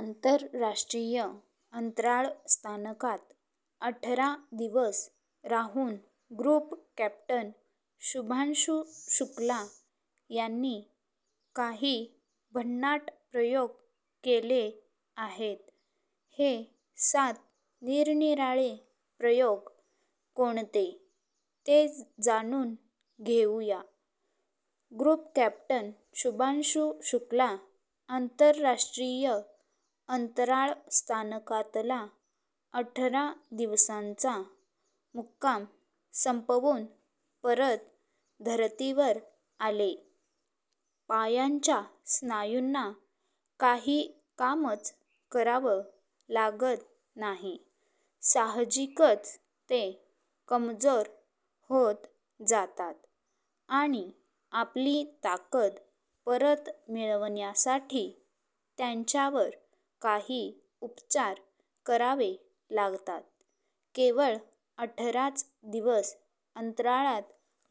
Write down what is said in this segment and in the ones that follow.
आंतरराष्ट्रीय अंतराळ स्थानकात अठरा दिवस राहून ग्रुप कॅप्टन शुभांशु शुक्ला यांनी काही भन्नाट प्रयोग केले आहेत. हे सात निरनिराळे प्रयोग कोणते, ते जाणून घेऊ या. Group captain Shubhanshu Shukla. आंतरराष्ट्रीय अंतराळ स्थानकातला अठरा दिवसांचा मुक्काम संपवून परत धरतीवर आले. पायांच्या स्नायूंना काही कामच करावं लागत नाही. साहजिकच ते कमजोर होत जातात. आणि आपली ताकद परत मिळवण्यासाठी त्यांच्यावर काही उपचार करावे लागतात. केवळ अठराच दिवस अंतराळात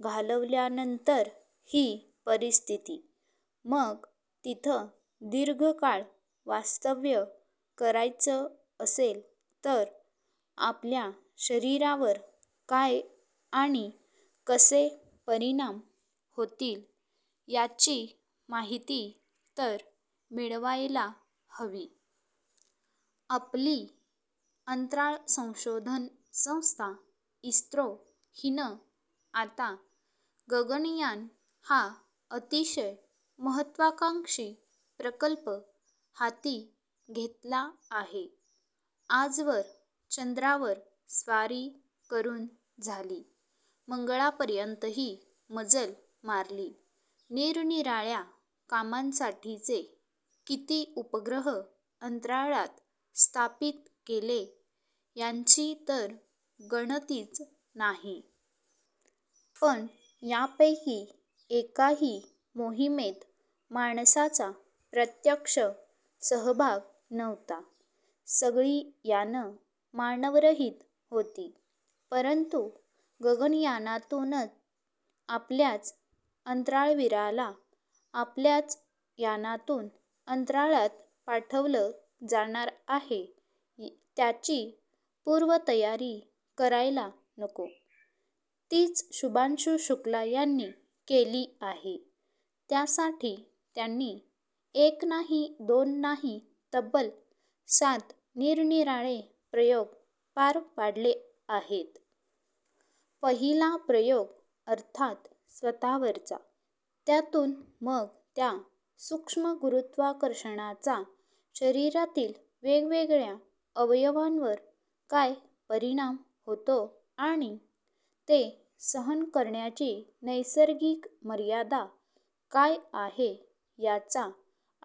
घालवल्यानंतर ही परिस्थिती. मग तिथं दीर्घ काळ वास्तव्य करायचं असेल तर आपल्या शरीरावर काय आणि कसे परिणाम होतील, याची माहिती तर मिळवायला हवी. आपली अंतराळसंशोधन संस्था इस्रो हिनं आता गगनयान हा अतिशय महत्त्वाकांक्षी प्रकल्प हाती घेतला आहे. आजवर चंद्रावर स्वारी करून झाली, मंगळापर्यंतही मजल मारली, निरनिराळ्या कामांसाठीचे किती उपग्रह अंतराळात स्थापित केले यांची तर गणतीच नाही. पण यांपैकी एकाही मोहिमेत माणसाचा प्रत्यक्ष सहभाग नव्हता. सगळी यानं मानवरहित होती, परंतु गगनयानातून आपल्याच अंतराळवीराला आपल्याच यानातून अंतराळात पाठवलं जाणार आहे. त्याची पूर्वतयारी करायला नको? तीच शुभांशु शुक्ला यांनी केली आहे. त्यासाठी त्यांनी एक नाही, दोन नाही, तब्बल सात निरनिराळे प्रयोग पार पाडले आहेत. पहिला प्रयोग अर्थात स्वतःवरचा. त्यातून मग त्या सूक्ष्म गुरुत्वाकर्षणाचा शरीरातील वेगवेगळ्या अवयवांवर काय परिणाम होतो आणि ते सहन करण्याची नैसर्गिक मर्यादा काय आहे, याचा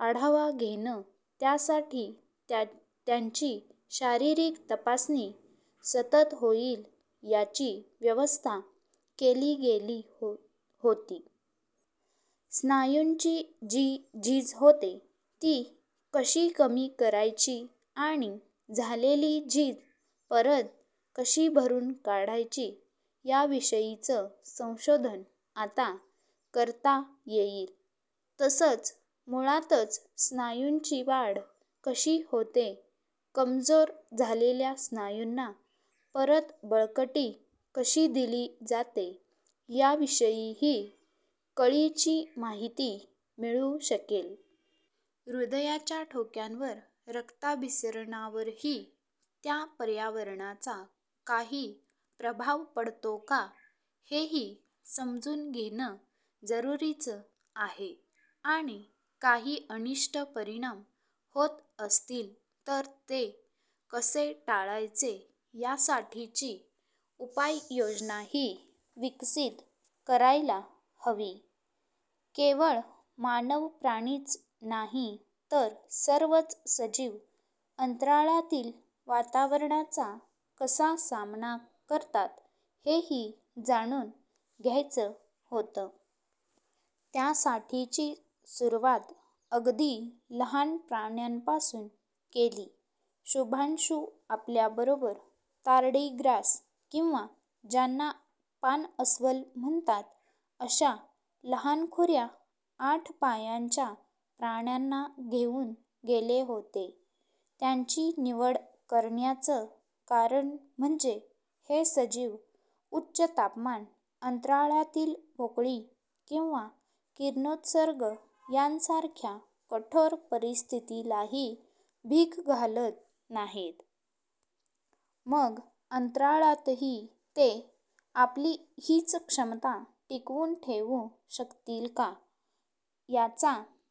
आढावा घेणं त्यासाठी त्यांची शारीरिक तपासणी सतत होईल याची व्यवस्था केली गेली होती. स्नायूंची जी झीज होते, ती कशी कमी करायची आणि झालेली झीज परत कशी भरून काढायची याविषयीचं संशोधन आता करता येईल. तसंच मुळातच स्नायूंची वाढ कशी होते, कमजोर झालेल्या स्नायूंना परत बळकटी कशी दिली जाते याविषयीही कळीची माहिती मिळू शकेल. हृदयाच्या ठोक्यांवर, रक्ताभिसरणावरही, त्या पर्यावरणाचा काही प्रभाव पडतो का, हेही समजून घेणं जरुरीचं आहे. आणि काही अनिष्ट परिणाम होत असतील तर ते कसे टाळायचे यासाठीची उपाययोजनाही विकसित करायला हवी. केवळ मानवप्राणीच नाही तर सर्वच सजीव, अंतराळातील वातावरणाचा कसा सामना करतात, हेही जाणून घ्यायचं होतं. त्यासाठीची सुरुवात अगदी लहान प्राण्यांपासून केली. शुभांशु आपल्याबरोबर तारडीग्रास, किंवा ज्यांना पाणअस्वल म्हणतात, अशा लहानखुऱ्या आठ पायांच्या प्राण्यांना घेऊन गेले होते. त्यांची निवड करण्याचं कारण म्हणजे हे सजीव उच्च तापमान, अंतराळातील पोकळी किंवा किरणोत्सर्ग यांसारख्या कठोर परिस्थितीलाही भीक घालत नाहीत. मग अंतराळातही ते आपली हीच क्षमता टिकवून ठेवू शकतील का, याचा